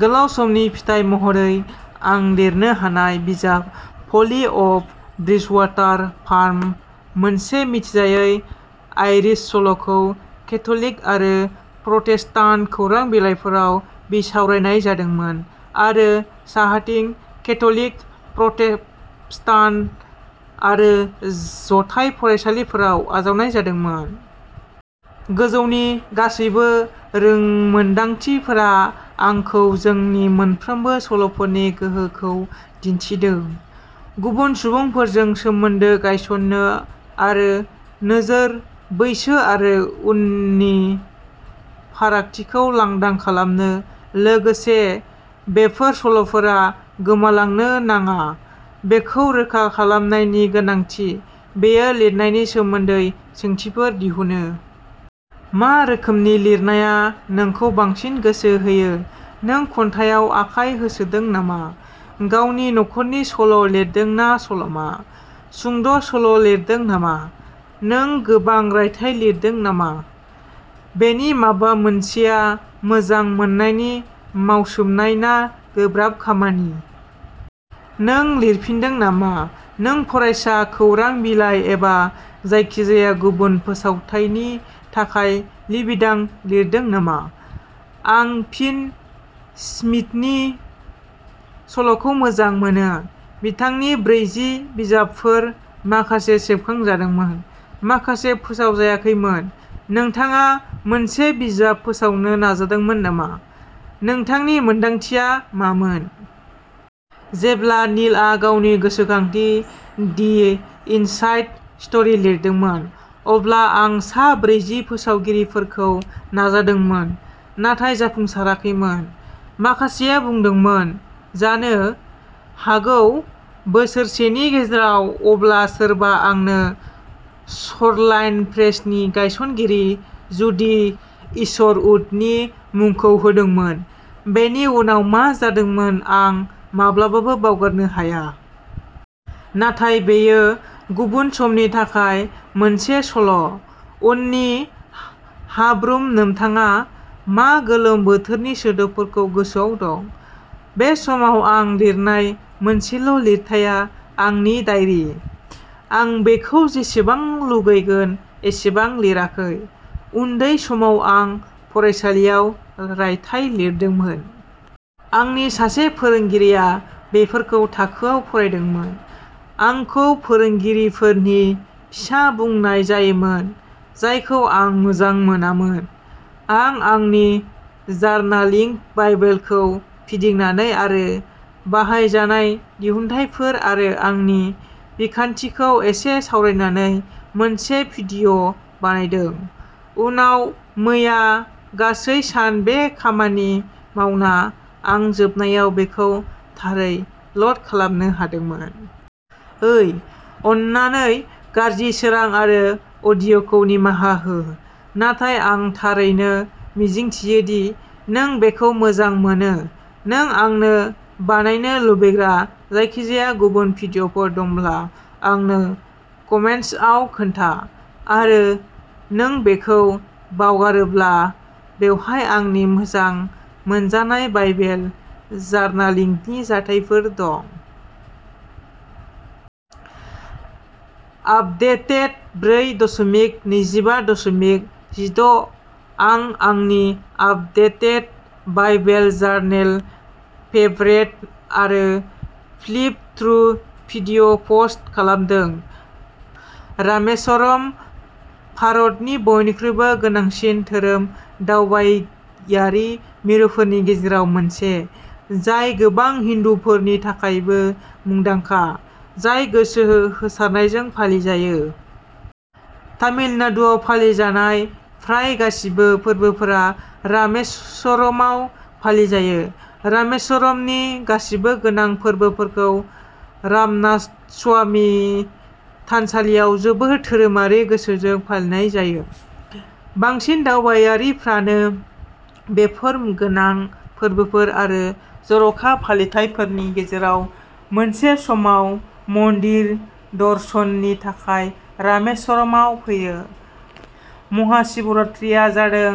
गोलाव समनि फिथाइ महरै आं लिरनो हानाय बिजाब, पलि अफ ब्रिजवाटार फार्म मोनसे मिथिजायै आइरिश सल'खौ केथ'लिक आरो प्रटेस्टान्ट खौरां बिलाइफोराव बिसावरायनाय जादोंमोन आरो साहाथिं केथ'लिक, प्रटेस्टान्ट आरो जथाय फरायसालिफोराव आजावनाय जादोंमोन। गोजौनि गासैबो रोंमोनदांथिफोरा आंखौ जोंनि मोनफ्रोमबो सल'फोरनि गोहोखौ दिन्थिदों। गुबुन सुबुंफोरजों सोमोन्दो गायसन्नो आरो नोजोर, बैसो आरो उननि फारागथिखौ लांदां खालामनो। लोगोसे बेफोर सल'फोरा गोमालांनो नाङा, बेखौ रोखा खालामनायनि गोनांथि। बेयो लिरनायनि सोमोन्दै सोंथिफोर दिहुनो। मा रोखोमनि लिरनाया नोंखौ बांसिन गोसो होयो नों खन्थाइयाव आखाइ होसोदों नामा? गावनि नखरनि सल' लिरदों ना सल'मा? सुंद' सल' लिरदों नामा? नों गोबां रायथाइ लिरदों नामा? बेनि माबा मोनसेआ मोजां मोननायनि मावसोमनाय ना गोब्राब खामानि? नों लिरफिनदों नामा? नों फरायसा खौरां बिलाइ एबा जायखिजाया गुबुन फोसावथायनि थाखाय लिरबिदां लिरदों नामा? आं भिन स्मिथनि सल'खौ मोजां मोनो। बिथांनि ब्रैजि बिजाबफोर माखासे सेबखांजादोंमोन, माखासे फोसावजायाखैमोन। नोंथाङा मोनसे बिजाब फोसावनो नाजादोंमोन नामा? नोंथांनि मोन्दांथिया मामोन? जेब्ला नीलआ गावनि गोसोखांथि दि इनसाइड स्ट'री लिरदोंमोन, अब्ला आं सा ब्रैजि फोसावगिरिफोरखौ नाजादोंमोन। नाथाय जाफुंसाराखैमोन। माखासेया बुंदोंमोन जानो हागौ बोसोरसेनि गेजेराव अब्ला सोरबा आंनो श'रलाइन प्रेसनि गायसनगिरि जुडी इशरवुडनि मुंखौ होदोंमोन। बेनि उनाव मा जादोंमोन आं माब्लाबाबो बावगारनो हाया। नाथाय बेयो गुबुन समनि थाखाय मोनसे सल'। उननि हा-हाब्रुम नोंथाङा मा गोलोम बोथोरनि सोदोबफोरखौ गोसोआव दं? बे समाव आं लिरनाय मोनसेल' लिरथाइआ आंनि डायरि। आं बेखौ जेसेबां लुगैगोन एसेबां लिराखै। उन्दै समाव आं फरायसालिआव रायथाइ लिरदोंमोन। आंनि सासे फोरोंगिरिआ बेफोरखौ थाखोयाव फरायदोंमोन। आंखौ फोरोंगिरिफोरनि फिसा बुंनाय जायोमोन जायखौ आं मोजां मोनामोन। आं आंनि जार्नलिंग बाइबेलखौ फिदिंनानै आरो बाहायजानाय दिहुनथायफोर आरो आंनि बिखान्थिखौ एसे सावरायनानै मोनसे भिडिय' बानायदों। उनाव मैया गासै सान बे खामानि मावना, आं जोबनायाव बेखौ थारै ल'ड खालामनो हादोंमोन। ओइ अन्नानै गाज्रि सोरां आरो अडिय'खौ निमाहा हो। नाथाय आं थारैनो मिजिंथियो दि नों बेखौ मोजां मोनो। नों आंनो बानायनो लुबैग्रा जायखिजाया गुबुन भिडिय'फोर दंब्ला आंनो कमेन्ट्सआव खोन्था। आरो नों बेखौ बावगारोब्ला, बेवहाय आंनि मोजां मोनजानाय बाइबेल जार्नलिंगनि जगायथायफोर दं। आपदेटेड ब्रै दशमिक नैजिबा दशमिक जिद' आं आंनि आपदेटेड बाइबेल जार्नाल फेभरेट आरो फ्लिप थ्रु भिडिय'पस्ट खालामदों। रामेश्वरम भारतनि बयनिख्रुइबो गोनांसिन धोरोम दावबायारि मिरुफोरनि गेजेराव मोनसे। जाय गोबां हिन्दु फोरबोफोरनि थाखायबो मुंदांखा। जाय गोसो होसारनायजों फालिजायो। तामिलनाडुआव फालिजानाय प्राय गासिबो फोरबोफोरा रामेश्वरमाव फालिजायो। रामेश्वरमनि गासिबो गोनां फोरबोफोरखौ रामनाथस्वामी थानसालियाव जोबोद धोरोमारि गोसोजों फालिनाय जायो। बांसिन दावबायारिफ्रानो बेफोर गोनां फोरबोफोर आरो जर'खा फालिथायफोरनि गेजेराव मोनसे समाव मन्दिर दर्शननि थाखाय रामेश्वरमाव फैयो। महाशिवरात्रिआ जादों